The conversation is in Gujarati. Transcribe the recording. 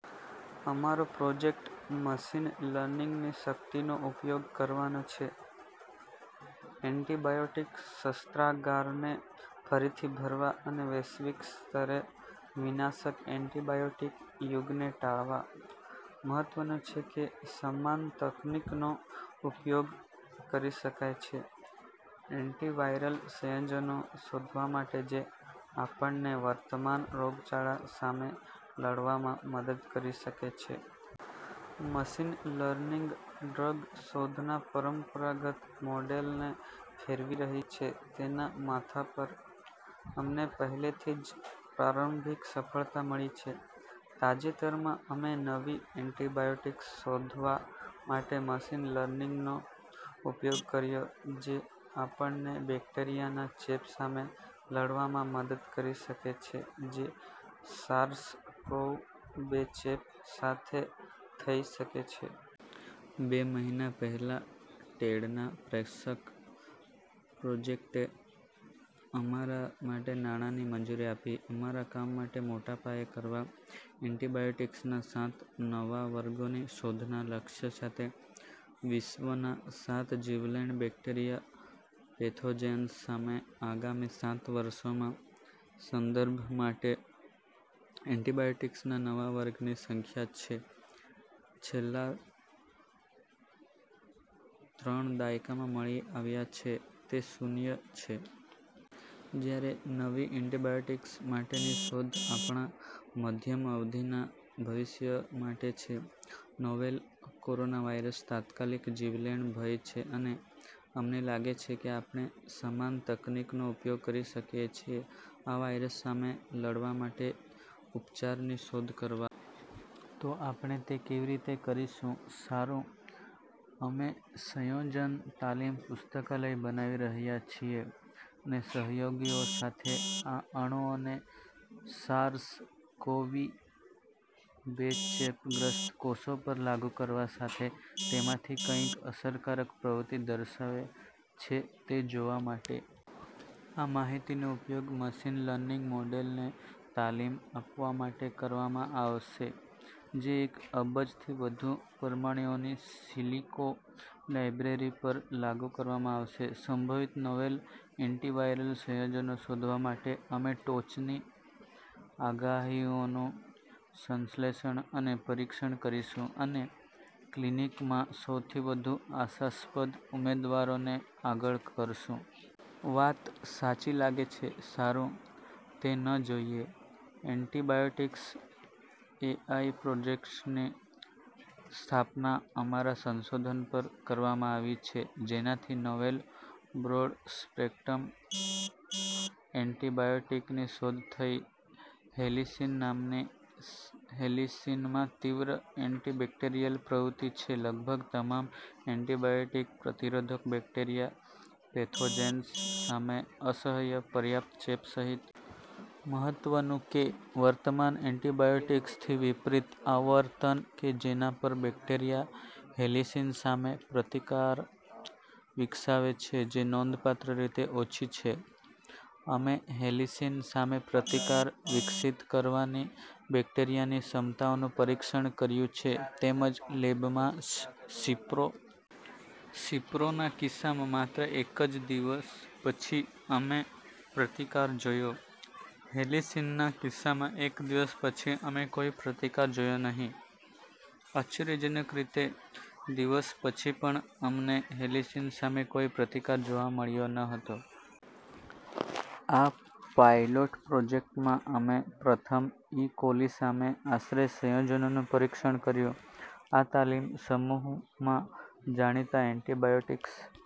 અમારો પ્રોજેક્ટ મશીન લર્નિંગની શક્તિનો ઉપયોગ કરવાનો છે એન્ટિબાયોટિક શસ્ત્રાગારને ફરીથી ભરવા અને વૈશ્વિક સ્તરે વિનાશક એન્ટીબાયોટીક યુગને ટાળવા. મહત્વનું છે કે, સમાન તકનીકનો ઉપયોગ કરી શકાય છે એન્ટિવાયરલ સંયોજનો શોધવા માટે જે આપણને વર્તમાન રોગચાળા સામે લડવામાં મદદ કરી શકે છે. મશીન લર્નિંગ ડ્રગ શોધના પરંપરાગત મોડેલને ફેરવી રહી છે તેના માથા પર. અમને પહેલેથી જ પ્રારંભિક સફળતા મળી છે. તાજેતરમાં, અમે નવી એન્ટિબાયોટિક્સ શોધવા માટે મશીન લર્નિંગનો ઉપયોગ કર્યો જે આપણને બેક્ટેરિયાના ચેપ સામે લડવામાં મદદ કરી શકે છે જે સાર્સ-કોવ-બે ચેપ સાથે થઈ શકે છે. બે મહિના પહેલા, ટેડના પ્રેક્ષક પ્રોજેક્ટે અમારા માટે નાણાંની મંજૂરી આપી અમારા કામ મોટા પાયે કરવા એન્ટિબાયોટિક્સના સાત નવા વર્ગોની શોધના લક્ષ્ય સાથે વિશ્વના સાત જીવલેણ બેક્ટેરિયા પેથોજેન્સ સામે આગામી સાત વર્ષોમાં. સંદર્ભ માટે: એન્ટિબાયોટિક્સના નવા વર્ગની સંખ્યા જે છેલ્લા ત્રણ દાયકામાં મળી આવ્યા છે તે શૂન્ય છે. જ્યારે નવી એન્ટિબાયોટિક્સ માટેની શોધ આપણા મધ્યમ-અવધિના ભવિષ્ય માટે છે, નોવેલ કોરોનાવાયરસ તાત્કાલિક જીવલેણ ભય છે, અને અમને લાગે છે કે આપણે સમાન તકનીકનો ઉપયોગ કરી શકીએ છીએ આ વાયરસ સામે લડવા માટે ઉપચારની શોધ કરવા. તો આપણે તે કેવી રીતે કરીશું? સારું, અમે સંયોજન તાલીમ પુસ્તકાલય બનાવી રહ્યા છીએ અને સહયોગીઓ સાથે આ અણુઓને સાર્સ-કોવી-બે ચેપગ્રસ્ત કોષો પર લાગુ કરવા સાથે તેમાંથી કઈ અસરકારક પ્રવૃત્તિ દર્શાવે છે તે જોવા માટે. આ માહિતીનો ઉપયોગ મશીન લર્નિંગ મોડેલને તાલીમ આપવા માટે કરવામાં આવશે જે એક અબજથી વધુ પરમાણુઓની સિલિકો લાઇબ્રેરી પર લાગુ કરવામાં આવશે સંભવિત નોવેલ એન્ટિવાયરલ સંયોજનો શોધવા માટે. અમે ટોચની આગાહીઓનું સંશ્લેષણ અને પરીક્ષણ કરીશું અને ક્લિનિકમાં સૌથી વધુ આશાસ્પદ ઉમેદવારોને આગળ કરશું. વાત સાચી લાગે છે? સારું, તે ન જોઈએ. એન્ટિબાયોટિક્સ એઆઈ પ્રોજેક્ટની સ્થાપના અમારા સંશોધન પર કરવામાં આવી છે જેનાથી નોવેલ બ્રોડ-સ્પેક્ટ્રમ એન્ટીબાયોટીકની શોધ થઈ હેલિસિન નામની.. હેલિસિનમાં તીવ્ર એન્ટિબેક્ટેરિયલ પ્રવૃત્તિ છે લગભગ તમામ એન્ટીબાયોટીક-પ્રતિરોધક બેક્ટેરિયા પેથોજેન્સ સામે, અસહ્ય પર્યાપ્ત ચેપ સહિત. મહત્વનું કે, વર્તમાન એન્ટીબાયોટીક્સથી વિપરીત, આવર્તન કે જેના પર બેક્ટેરિયા હેલિસિન સામે પ્રતિકાર વિકસાવે છે જે નોંધપાત્ર રીતે ઓછી છે. અમે હેલિસિન સામે પ્રતિકાર વિકસિત કરવાની બેક્ટેરિયાની ક્ષમતાનું પરીક્ષણ કર્યું છે તેમજ લેબમાં સિપ્રો. સિપ્રોના કિસ્સામાં, માત્ર એક દિવસ પછી, અમે પ્રતિકાર જોયો. હેલિસિનના કિસ્સામાં, એક દિવસ પછી, અમે કોઈ પ્રતિકાર જોયો નહીં. આશ્ચર્યજનક રીતે, દિવસ પછી પણ, અમને હેલિસિન સામે કોઈ પ્રતિકાર જોવા મળ્યો ન હતો. આ પાયલોટ પ્રોજેક્ટમાં, અમે પ્રથમ ઇ કોલી સામે આશરે સંયોજનોનું પરીક્ષણ કર્યું. આ તાલીમ સમૂહમાં જાણીતા એન્ટીબાયોટીક્સ,